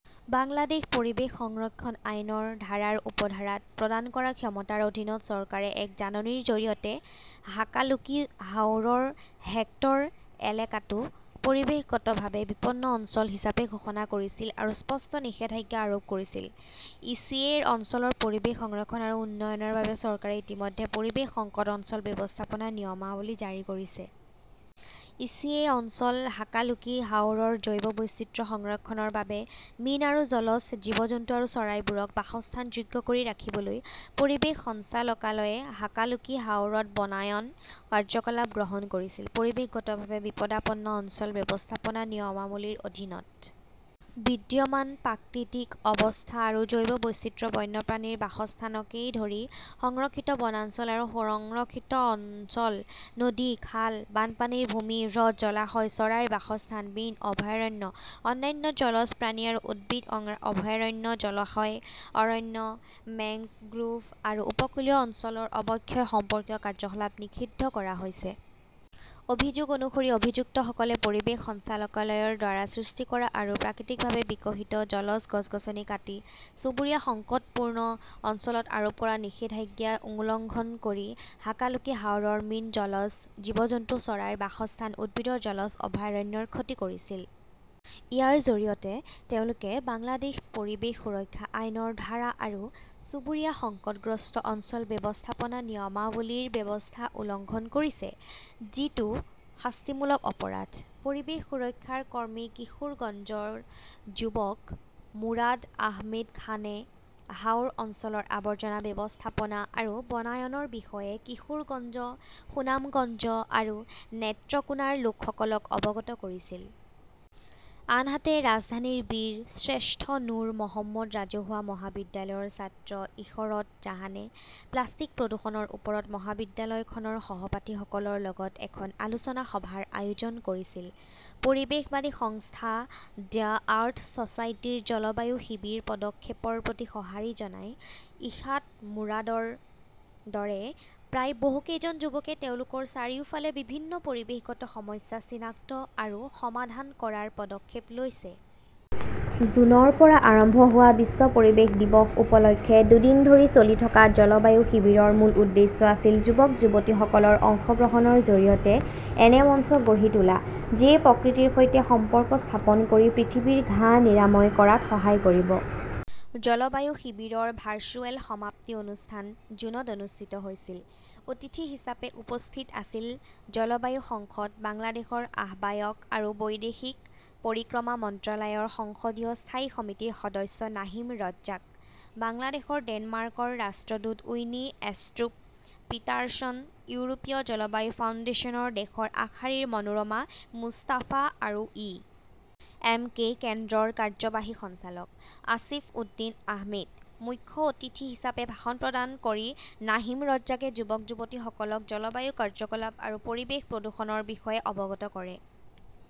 বাংলাদেশ পৰিৱেশ সংৰক্ষণ আইনৰ ধাৰাৰ উপধাৰাত প্ৰদান কৰা ক্ষমতাৰ অধীনত, চৰকাৰে এক জাননীৰ জৰিয়তে হাকালুকি হাওৰৰ হেক্টৰ এলেকাটো পৰিৱেশগতভাৱে বিপন্ন অঞ্চল হিচাপে ঘোষণা কৰিছিল আৰু স্পষ্ট নিষেধাজ্ঞা আৰোপ কৰিছিল। ই. চি. এ. অঞ্চলৰ পৰিৱেশ সংৰক্ষণ আৰু উন্নয়নৰ বাবে চৰকাৰে ইতিমধ্যে পৰিৱেশ সংকট অঞ্চল ব্যৱস্থাপনা নিয়মাৱলী জাৰি কৰিছে। ই. চি. এ. অঞ্চল হাকালুকি হাওৰৰ জৈৱ বৈচিত্ৰ্য সংৰক্ষণৰ বাবে মীন আৰু জলজ জীৱ-জন্তু আৰু চৰাইবোৰক বাসস্থানযোগ্য কৰি ৰাখিবলৈ পৰিৱেশ সঞ্চালকালয়ে হাকালুকি হাওৰত বনায়ন কাৰ্যকলাপ গ্ৰহণ কৰিছিল। পৰিৱেশগতভাৱে বিপদাপন্ন অঞ্চল ব্যৱস্থাপনা নিয়মাৱলীৰ অধীনত বিদ্যমান প্ৰাকৃতিক অৱস্থা আৰু জৈৱ বৈচিত্ৰ্য, বন্য প্ৰাণীৰ বাসস্থানকে ধৰি সংৰক্ষিত বনাঞ্চল আৰু সংৰক্ষিত অঞ্চল, নদী, খাল, বানপানীৰ ভূমি, হ্ৰদ, জলাশয়, চৰাইৰ বাসস্থান, মীন অভয়াৰণ্য, অন্যান্য জলজ প্ৰাণী আৰু উদ্ভিদ অভয়াৰণ্য, জলাশয় অৰণ্য, মেংগ্ৰোভ আৰু উপকূলীয় অঞ্চলৰ অৱক্ষয় সম্পৰ্কীয় কাৰ্যকলাপ নিষিদ্ধ কৰা হৈছে। অভিযোগ অনুসৰি, অভিযুক্তসকলে পৰিৱেশ সঞ্চালকালয়ৰ দ্বাৰা সৃষ্টি কৰা আৰু প্ৰাকৃতিকভাৱে বিকশিত জলজ গছ-গছনি কাটি চুবুৰীয়া সংকটপূৰ্ণ অঞ্চলত আৰোপ কৰা নিষেধাজ্ঞা উলংঘন কৰি হাকালুকি হাওৰৰ মীন, জলজ জীৱ-জন্তু, চৰাইৰ বাসস্থান, উদ্ভিদৰ জলজ অভয়াৰণ্যৰ ক্ষতি কৰিছিল। ইয়াৰ জৰিয়তে তেওঁলোকে বাংলাদেশ পৰিৱেশ সুৰক্ষা আইন'ৰ ধাৰা আৰু চুবুৰীয়া সংকটগ্ৰস্ত অঞ্চল ব্যৱস্থাপনা নিয়মাৱলী'ৰ ব্যৱস্থা উলংঘন কৰিছে, যিটো শাস্তিমূলক অপৰাধ। পৰিৱেশ সুৰক্ষাৰ কৰ্মী কিশোৰগঞ্জৰ যুৱক মুৰাদ আহমেদ খানে হাওৰ অঞ্চলৰ আৱৰ্জনা ব্যৱস্থাপনা আৰু বনায়নৰ বিষয়ে কিশোৰগঞ্জ, সুনামগঞ্জ আৰু নেত্ৰকোনাৰ লোকসকলক অৱগত কৰিছিল। আনহাতে, ৰাজধানীৰ বীৰ শ্ৰেষ্ঠ নুৰ মহম্মদ ৰাজহুৱা মহাবিদ্যালয়ৰ ছাত্ৰ ইশৰত জাহানে প্লাষ্টিক প্ৰদূষণৰ ওপৰত মহাবিদ্যালয়খনৰ সহপাঠীসকলৰ লগত এখন আলোচনা সভাৰ আয়োজন কৰিছিল। পৰিৱেশবাদী সংস্থা "দ্য আৰ্থ ছ'চাইটি"ৰ 'জলবায়ু শিবিৰ' পদক্ষেপৰ প্ৰতি সঁহাৰি জনাই ইশ্ৰাত-মুৰাদৰ দৰে প্ৰায় বহু কেইজন যুৱকে তেওঁলোকৰ চাৰিওফালে বিভিন্ন পৰিৱেশগত সমস্যা চিনাক্ত আৰু সমাধান কৰাৰ পদক্ষেপ লৈছে। জুনৰ পৰা আৰম্ভ হোৱা বিশ্ব পৰিৱেশ দিৱস উপলক্ষে দুদিন ধৰি চলি থকা জলবায়ু শিবিৰৰ মূল উদ্দেশ্য আছিল যুৱক-যুৱতীসকলৰ অংশগ্ৰহণৰ জৰিয়তে এনে মঞ্চ গঢ়ি তোলা যিয়ে প্ৰকৃতিৰ সৈতে সম্পৰ্ক স্থাপন কৰি পৃথিৱীৰ ঘাঁ নিৰাময় কৰাত সহায় কৰিব। জলবায়ু শিবিৰৰ ভাৰ্চুৱেল সমাপ্তি অনুষ্ঠান জুনত অনুষ্ঠিত হৈছিল। অতিথি হিচাপে উপস্থিত আছিল জলবায়ু সংসদ বাংলাদেশৰ আহ্বায়ক আৰু বৈদেশিক পৰিক্ৰমা মন্ত্ৰালয়ৰ সংসদীয় স্থায়ী সমিতিৰ সদস্য নাহিম ৰজ্জাক, বাংলাদেশৰ ডেনমাৰ্কৰ ৰাষ্ট্ৰদূত উইনি এষ্ট্ৰুপ পিটাৰছন, ইউৰোপীয় জলবায়ু ফাউণ্ডেশ্যনৰ দেশৰ আগশাৰীৰ মনোৱাৰ মুস্তাফা আৰু ই. এম. কে. কেন্দ্ৰৰ কাৰ্যবাহী সঞ্চালক আসিফ উদ্দিন আহমেদ। মুখ্য অতিথি হিচাপে ভাষণ প্ৰদান কৰি নাহিম ৰজ্জাকে যুৱক-যুৱতীসকলক জলবায়ু কাৰ্যকলাপ আৰু পৰিৱেশ প্ৰদূষণৰ বিষয়ে অৱগত কৰে ।